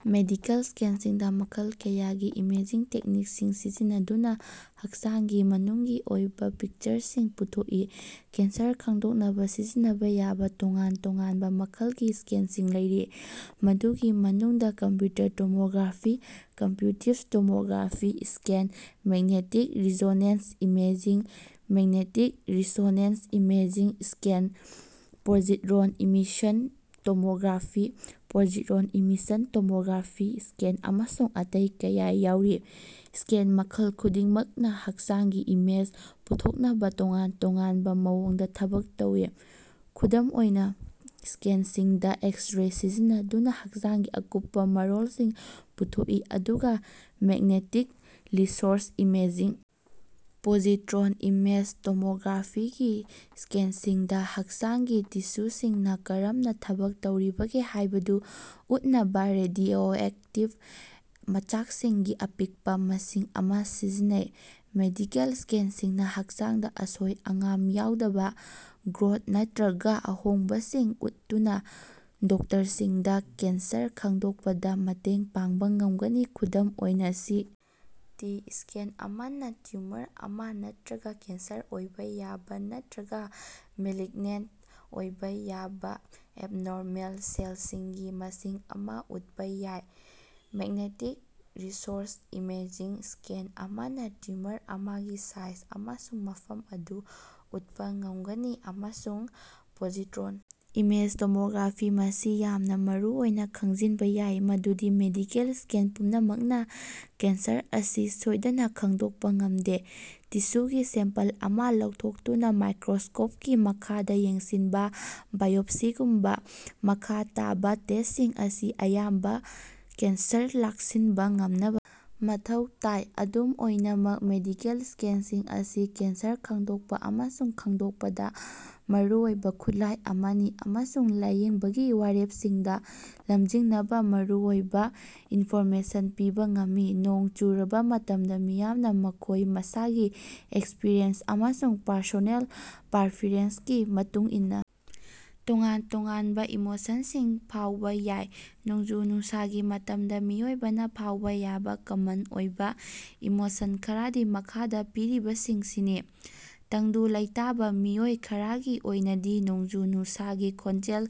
Medical ꯁ꯭ꯀꯦꯟꯁꯤꯡꯗ ꯃꯈꯜ ꯀꯌꯥꯒꯤ ꯏꯃꯦꯖꯤꯡ ꯇꯦꯛꯅꯤꯛꯁꯤꯡ ꯁꯤꯖꯤꯟꯅꯗꯨꯅ ꯍꯛꯆꯥꯡꯒꯤ ꯃꯅꯨꯡꯒꯤ ꯑꯣꯏꯕ ꯄꯤꯛꯆꯔꯁꯤꯡ ꯄꯨꯊꯣꯛꯏ꯫ ꯀꯦꯟꯁꯔ ꯈꯪꯗꯣꯛꯅꯕ ꯁꯤꯖꯤꯟꯅꯕ ꯌꯥꯕ ꯇꯣꯉꯥꯟ ꯇꯣꯉꯥꯟꯕ ꯃꯈꯜꯒꯤ ꯁ꯭ꯀꯦꯟꯁꯤꯡ ꯂꯩꯔꯤ꯫ ꯃꯗꯨꯒꯤ ꯃꯅꯨꯡꯗ computer tomography computed tomography scan, magnetic resonance imaging magnetic resonance imaging scan, positron emission tomography (positron emission tomography ) scan ꯑꯃꯁꯨꯡ ꯑꯇꯩ ꯀꯌꯥ ꯌꯥꯎꯔꯤ꯫ ꯁ꯭ꯀꯦꯟ ꯃꯈꯜ ꯈꯨꯗꯤꯡꯃꯛꯅ ꯍꯛꯆꯥꯡꯒꯤ ꯏꯃꯦꯖ ꯄꯨꯊꯣꯛꯅꯕ ꯇꯣꯉꯥꯟ ꯇꯣꯉꯥꯟꯕ ꯃꯑꯣꯡꯗ ꯊꯕꯛ ꯇꯧꯏ꯫ ꯈꯨꯗꯝ ꯑꯣꯏꯅ, ꯁ꯭ꯀꯦꯟꯁꯤꯡꯗ ꯑꯦꯛꯁ-ꯔꯦ ꯁꯤꯖꯤꯟꯅꯗꯨꯅꯥ ꯍꯛꯆꯥꯡꯒꯤ ꯑꯀꯨꯞꯄ ꯃꯔꯣꯜꯁꯤꯡ ꯄꯨꯊꯣꯛꯏ, ꯑꯗꯨꯒ magnetic resonance imaging. Positron. Image tomography. ꯒꯤ ꯁ꯭ꯀꯦꯟꯁꯤꯡꯗ ꯍꯛꯆꯥꯡꯒꯤ ꯇꯤꯁ꯭ꯌꯨꯁꯤꯡꯅ ꯀꯔꯝꯅ ꯊꯕꯛ ꯇꯧꯔꯤꯕꯒꯦ ꯍꯥꯏꯕꯗꯨ ꯎꯠꯅꯕ ꯔꯦꯗꯤꯑꯣꯑꯦꯛꯇꯤꯚ ꯃꯆꯥꯛꯁꯤꯡꯒꯤ ꯑꯄꯤꯛꯄ ꯃꯁꯤꯡ ꯑꯃ ꯁꯤꯖꯤꯟꯅꯩ꯫ ꯃꯦꯗꯤꯀꯦꯜ ꯁ꯭ꯀꯦꯟꯁꯤꯡꯅ ꯍꯛꯆꯥꯡꯗ ꯑꯁꯣꯏ-ꯑꯉꯥꯝ ꯌꯥꯎꯗꯕ ꯒ꯭ꯔꯣꯊ ꯅꯠꯇ꯭ꯔꯒ ꯑꯍꯣꯡꯕꯁꯤꯡ ꯎꯠꯇꯨꯅ ꯗꯣꯛꯇꯔꯁꯤꯡꯗ ꯀꯦꯟꯁꯔ ꯈꯪꯗꯣꯛꯄꯗ ꯃꯇꯦꯡ ꯄꯥꯡꯕ ꯉꯝꯒꯅꯤ꯫ ꯈꯨꯗꯝ ꯑꯣꯏꯅ, ꯁꯤ. ꯇꯤ. ꯁ꯭ꯀꯦꯟ ꯑꯃꯅꯥ ꯇꯤꯎꯃꯔ ꯑꯃꯥ, ꯅꯠꯇ꯭ꯔꯒ ꯀꯦꯟꯁꯔ ꯑꯣꯏꯕ ꯌꯥꯕ ꯅꯠꯇ꯭ꯔꯒ ꯃꯦꯂꯤꯒꯅꯦꯟꯇ ꯑꯣꯏꯕ ꯌꯥꯕ ꯑꯦꯕꯅꯣꯔꯃꯦꯜ ꯁꯦꯜꯁꯤꯡꯒꯤ ꯃꯁꯤꯡ ꯑꯃ ꯎꯠꯄ ꯌꯥꯏ꯫ ꯃꯦꯛꯅꯦꯛꯇꯤꯛ ꯔꯤꯁꯣꯔꯁ ꯏꯃꯦꯖꯤꯡ ꯁ꯭ꯀꯦꯟ ꯑꯃꯅ ꯇꯤꯎꯃꯔ ꯑꯃꯒꯤ ꯁꯥꯏꯖ ꯑꯃꯁꯨꯡ ꯃꯐꯝ ꯑꯗꯨ ꯎꯠꯄ ꯉꯝꯒꯅꯤ꯫ ꯑꯃꯁꯨꯡ ꯄꯣꯖꯤꯇ꯭ꯔꯣꯟ. ꯏꯃꯦꯖ ꯇꯣꯃꯣꯒ꯭ꯔꯥꯐꯤ ꯃꯁꯤ ꯌꯥꯝꯅ ꯃꯔꯨꯑꯣꯏꯅ ꯈꯪꯖꯤꯟꯕ ꯌꯥꯏ ꯫ ꯃꯗꯨꯗꯤ ꯃꯦꯗꯤꯀꯦꯜ ꯁ꯭ꯀꯦꯟ ꯄꯨꯝꯅꯃꯛꯅ ꯀꯦꯟꯁꯔ ꯑꯁꯤ ꯁꯣꯏꯗꯅ ꯈꯪꯗꯣꯛꯄ ꯉꯃꯗꯦ꯫ ꯇꯤꯁ꯭ꯌꯨꯒꯤ ꯁꯦꯝꯄꯜ ꯑꯃ ꯂꯧꯊꯣꯛꯇꯨꯅ ꯃꯥꯏꯀꯔꯣꯁ꯭ꯀꯣꯄꯀꯤ ꯃꯈꯥꯗ ꯌꯦꯡꯁꯤꯟꯕ ꯕꯥꯏꯑꯣꯞꯁꯤꯒꯨꯝꯕ ꯃꯈꯥ ꯇꯥꯕ ꯇꯦꯁ꯭ꯇꯁꯤꯡ ꯑꯁꯤ ꯑꯌꯥꯝꯕꯅ ꯀꯦꯟꯁꯔ ꯂꯥꯛꯁꯤꯟꯕ ꯉꯝꯅꯕ ꯃꯊꯧ ꯇꯥꯏ꯫ ꯑꯗꯨꯝ ꯑꯣꯏꯅꯃꯛ, ꯃꯦꯗꯤꯀꯦꯜ ꯁ꯭ꯀꯦꯟꯁꯤꯡ ꯑꯁꯤ ꯀꯦꯟꯁꯔ ꯈꯪꯗꯣꯛꯄ ꯑꯃꯁꯨꯡ ꯈꯪꯗꯣꯛꯄꯗ ꯃꯔꯨꯑꯣꯏꯕ ꯈꯨꯠꯂꯥꯏ ꯑꯃꯅꯤ꯫ ꯑꯃꯁꯨꯡ ꯂꯥꯏꯌꯦꯡꯕꯒꯤ ꯋꯥꯔꯦꯄꯁꯤꯡꯗ ꯂꯝꯖꯤꯡꯅꯕ ꯃꯔꯨꯑꯣꯏꯕ ꯏꯅꯐꯣꯔꯃꯦꯁꯟ ꯄꯤꯕ ꯉꯝꯃꯤ꯫ ꯅꯣꯡ ꯆꯨꯔꯕꯥ ꯃꯇꯝꯗ, ꯃꯤꯌꯥꯝꯅ ꯃꯈꯣꯏ ꯃꯁꯥꯒꯤ ꯑꯦꯛꯁꯄꯔꯤꯌꯦꯟꯁ ꯑꯃꯁꯨꯡ ꯄꯔꯁꯣꯅꯦꯜ ꯄꯔꯐꯔꯦꯟꯁꯀꯤ ꯃꯇꯨꯡꯏꯟꯅ ꯇꯣꯉꯥꯟ-ꯇꯣꯉꯥꯟꯕ ꯏꯃꯣꯁꯟꯁꯤꯡ ꯐꯥꯎꯕ ꯌꯥꯏ꯫ ꯅꯣꯡꯖꯨ-ꯅꯨꯡꯁꯥꯒꯤ ꯃꯇꯝꯗ ꯃꯤꯑꯣꯏꯕꯅ ꯐꯥꯎꯕ ꯌꯥꯕ ꯀꯃꯟ ꯑꯣꯏꯕ ꯏꯃꯣꯁꯟ ꯈꯔꯗꯤ ꯃꯈꯥꯗ ꯄꯤꯔꯤꯕꯁꯤꯡꯁꯤꯅꯤ: ꯇꯪꯗꯨ ꯂꯩꯇꯥꯕ ꯃꯤꯑꯣꯏ ꯈꯔꯒꯤ ꯑꯣꯏꯅꯗꯤ, ꯅꯣꯡꯖꯨ-ꯅꯨꯡꯁꯥꯒꯤ ꯈꯣꯟꯖꯦꯜ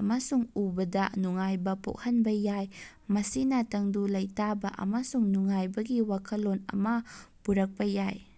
ꯑꯃꯁꯨꯡ ꯎꯕꯗ ꯅꯨꯡꯉꯥꯏꯕ ꯄꯣꯛꯍꯟꯕ ꯌꯥꯏ꯫ ꯃꯁꯤꯅ ꯇꯪꯗꯨ ꯂꯩꯇꯥꯕ ꯑꯃꯁꯨꯡ ꯅꯨꯡꯉꯥꯏꯕꯒꯤ ꯋꯥꯈꯜꯂꯣꯟ ꯑꯃꯥ ꯄꯨꯔꯛꯄꯥ ꯌꯥꯏ꯫